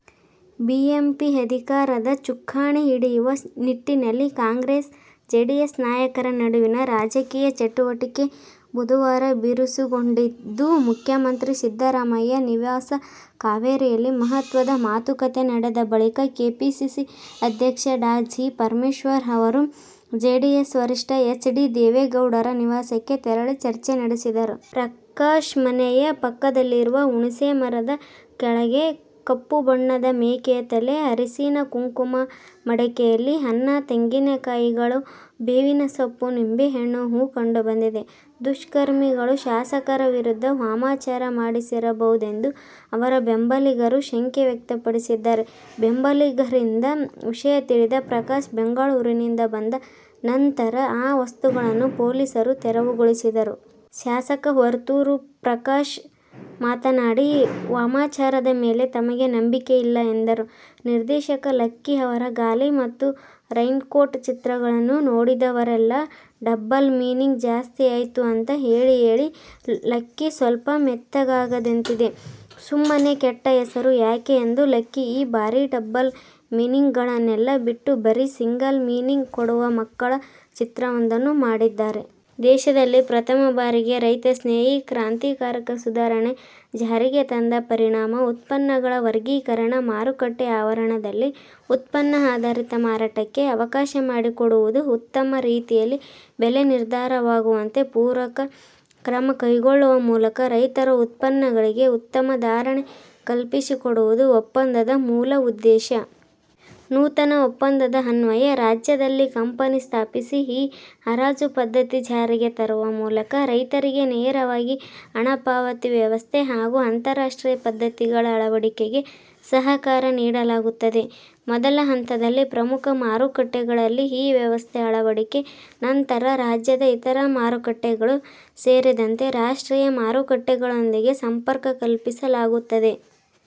BBMP ಅಧಿಕಾರದ ಚುಕ್ಕಾಣಿ ಹಿಡಿಯುವ ನಿಟ್ಟಿನಲ್ಲಿ ಕಾಂಗ್ರೆಸ್, ಜೆಡಿಎಸ್ ನಾಯಕರ ನಡುವಿನ ರಾಜಕೀಯ ಚಟುವಟಿಕೆ ಬುಧವಾರ ಬಿರುಸುಗೊಂಡಿದ್ದು, ಮುಖ್ಯಮಂತ್ರಿ ಸಿದ್ದರಾಮಯ್ಯ ನಿವಾಸ ಕಾವೇರಿಯಲ್ಲಿ ಮಹತ್ವದ ಮಾತುಕತೆ ನಡೆದ ಬಳಿಕ ಕೆಪಿಸಿಸಿ ಅಧ್ಯಕ್ಷ ಡಾ. ಜಿ. ಪರಮೇಶ್ವರ್ ಅವರು ಜೆಡಿಎಸ್ ವರಿಷ್ಠ ಎಚ್. ಡಿ. ದೇವೇಗೌಡರ ನಿವಾಸಕ್ಕೆ ತೆರಳಿ ಚರ್ಚೆ ನಡೆಸಿದರು. ಪ್ರಕಾಶ್ ಮನೆಯ ಪಕ್ಕದಲ್ಲಿರುವ ಹುಣಸೆ ಮರದ ಕೆಳಗೆ ಕಪ್ಪು ಬಣದ ಮೇಕೆಯ ತಲೆ, ಅರಿಶಿನ, ಕುಂಕುಮ, ಮಡಕೆಯಲ್ಲಿ ಅನ್ನ, ತೆಂಗಿನ ಕಾಯಿಗಳು, ಬೇವಿನ ಸೊಪ್ಪು, ನಿಂಬೆಹಣ್ಣು, ಹೂ ಕಂಡು ಬಂದಿದೆ. ದುಷ್ಕರ್ಮಿಗಳು ಶಾಸಕರ ವಿರುದ್ಧ ವಾಮಾಚಾರ ಮಾಡಿಸಿರಬಹುದೆಂದು ಅವರ ಬೆಂಬಲಿಗರು ಶಂಕೆ ವ್ಯಕ್ತಪಡಿಸಿದ್ದಾರೆ. ಬೆಂಬಲಿಗರಿಂದ ವಿಷಯ ತಿಳಿದ ಪ್ರಕಾಶ್ ಬೆಂಗಳೂರಿನಿಂದ ಬಂದ ನಂತರ ಆ ವಸ್ತುಗಳನ್ನು ಪೊಲೀಸರು ತೆರವುಗೊಳಿಸಿದರು. ಶಾಸಕ ವರ್ತೂರು ಪ್ರಕಾಶ್ ಮಾತನಾಡಿ, ವಾಮಾಚಾರದ ಮೇಲೆ ತಮಗೆ ನಂಬಿಕೆಯಿಲ್ಲ ಎಂದರು. ನಿರ್ದೇಶಕ ಲಕ್ಕಿ ಅವರ "ಗಾಲಿ' ಮತ್ತು "ರೈನ್ಕೋಟ್' ಚಿತ್ರಗಳನ್ನು ನೋಡಿದವರೆಲ್ಲಾ ಡಬ್ಬಲ್ ಮೀನಿಂಗ್ ಜಾಸ್ತಿಯಾಯ್ತು ಅಂತ ಹೇಳಿಹೇಳಿ, ಲಕ್ಕಿ ಸ್ವಲ್ಪ ಮೆತ್ತಗಾದಂತಿದೆ. ಸುಮ್ಮನೆ ಕೆಟ್ಟ ಹೆಸರು ಯಾಕೆ ಎಂದು ಲಕ್ಕಿ ಈ ಬಾರಿ ಡಬ್ಬಲ್ ಮೀನಿಂಗ್ಗಳನ್ನೆಲ್ಲಾ ಬಿಟ್ಟು, ಬರೀ ಸಿಂಗಲ್ ಮೀನಿಂಗ್ ಕೊಡುವ ಮಕ್ಕಳ ಚಿತ್ರವೊಂದನ್ನು ಮಾಡಿದ್ದಾರೆ. ದೇಶದಲ್ಲಿ ಪ್ರಥಮ ಬಾರಿಗೆ ರೈತ ಸ್ನೇಹಿ ಕ್ರಾಂತಿಕಾರಕ ಸುಧಾರಣೆ ಜಾರಿಗೆ ತಂದ ಪರಿಣಾಮ ಉತ್ಪನ್ನಗಳ ವರ್ಗೀಕರಣ, ಮಾರುಕಟ್ಟೆ ಆವರಣದಲ್ಲಿ ಉತ್ಪನ್ನ ಆಧಾರಿತ ಮಾರಾಟಕ್ಕೆ ಅವಕಾಶ ಮಾಡಿಕೊಡುವುದು, ಉತ್ತಮ ರೀತಿಯಲ್ಲಿ ಬೆಲೆ ನಿರ್ಧಾರವಾಗುವಂತೆ ಪೂರಕ ಕ್ರಮ ಕೈಗೊಳ್ಳುವ ಮೂಲಕ ರೈತರ ಉತ್ಪನ್ನಗಳಿಗೆ ಉತ್ತಮ ಧಾರಣೆ ಕಲ್ಪಿಸಿಕೊಡುವುದು ಒಪ್ಪಂದದ ಮೂಲ ಉದ್ದೇಶ. ನೂತನ ಒಪ್ಪಂದದ ಅನ್ವಯ ರಾಜ್ಯದಲ್ಲಿ ಕಂಪನಿ ಸ್ಥಾಪಿಸಿ ಇ-ಹರಾಜು ಪದ್ಧತಿ ಜಾರಿಗೆ ತರುವ ಮೂಲಕ ರೈತರಿಗೆ ನೇರವಾಗಿ ಹಣ ಪಾವತಿ ವ್ಯವಸ್ಥೆ ಹಾಗೂ ಅಂತಾರಾಷ್ಟ್ರೀಯ ಪದ್ಧತಿಗಳ ಅಳವಡಿಕೆಗೆ ಸಹಕಾರ ನೀಡಲಾಗುತ್ತದೆ. ಮೊದಲ ಹಂತದಲ್ಲಿ ಪ್ರಮುಖ ಮಾರುಕಟ್ಟೆಗಳಲ್ಲಿ ಈ ವ್ಯವಸ್ಥೆ ಅಳವಡಿಕೆ ನಂತರ ರಾಜ್ಯದ ಇತರ ಮಾರುಕಟ್ಟೆಗಳು ಸೇರಿದಂತೆ ರಾಷ್ಟ್ರೀಯ ಮಾರುಕಟ್ಟೆಗಳೊಂದಿಗೆ ಸಂಪರ್ಕ ಕಲ್ಪಿಸಲಾಗುತ್ತದೆ.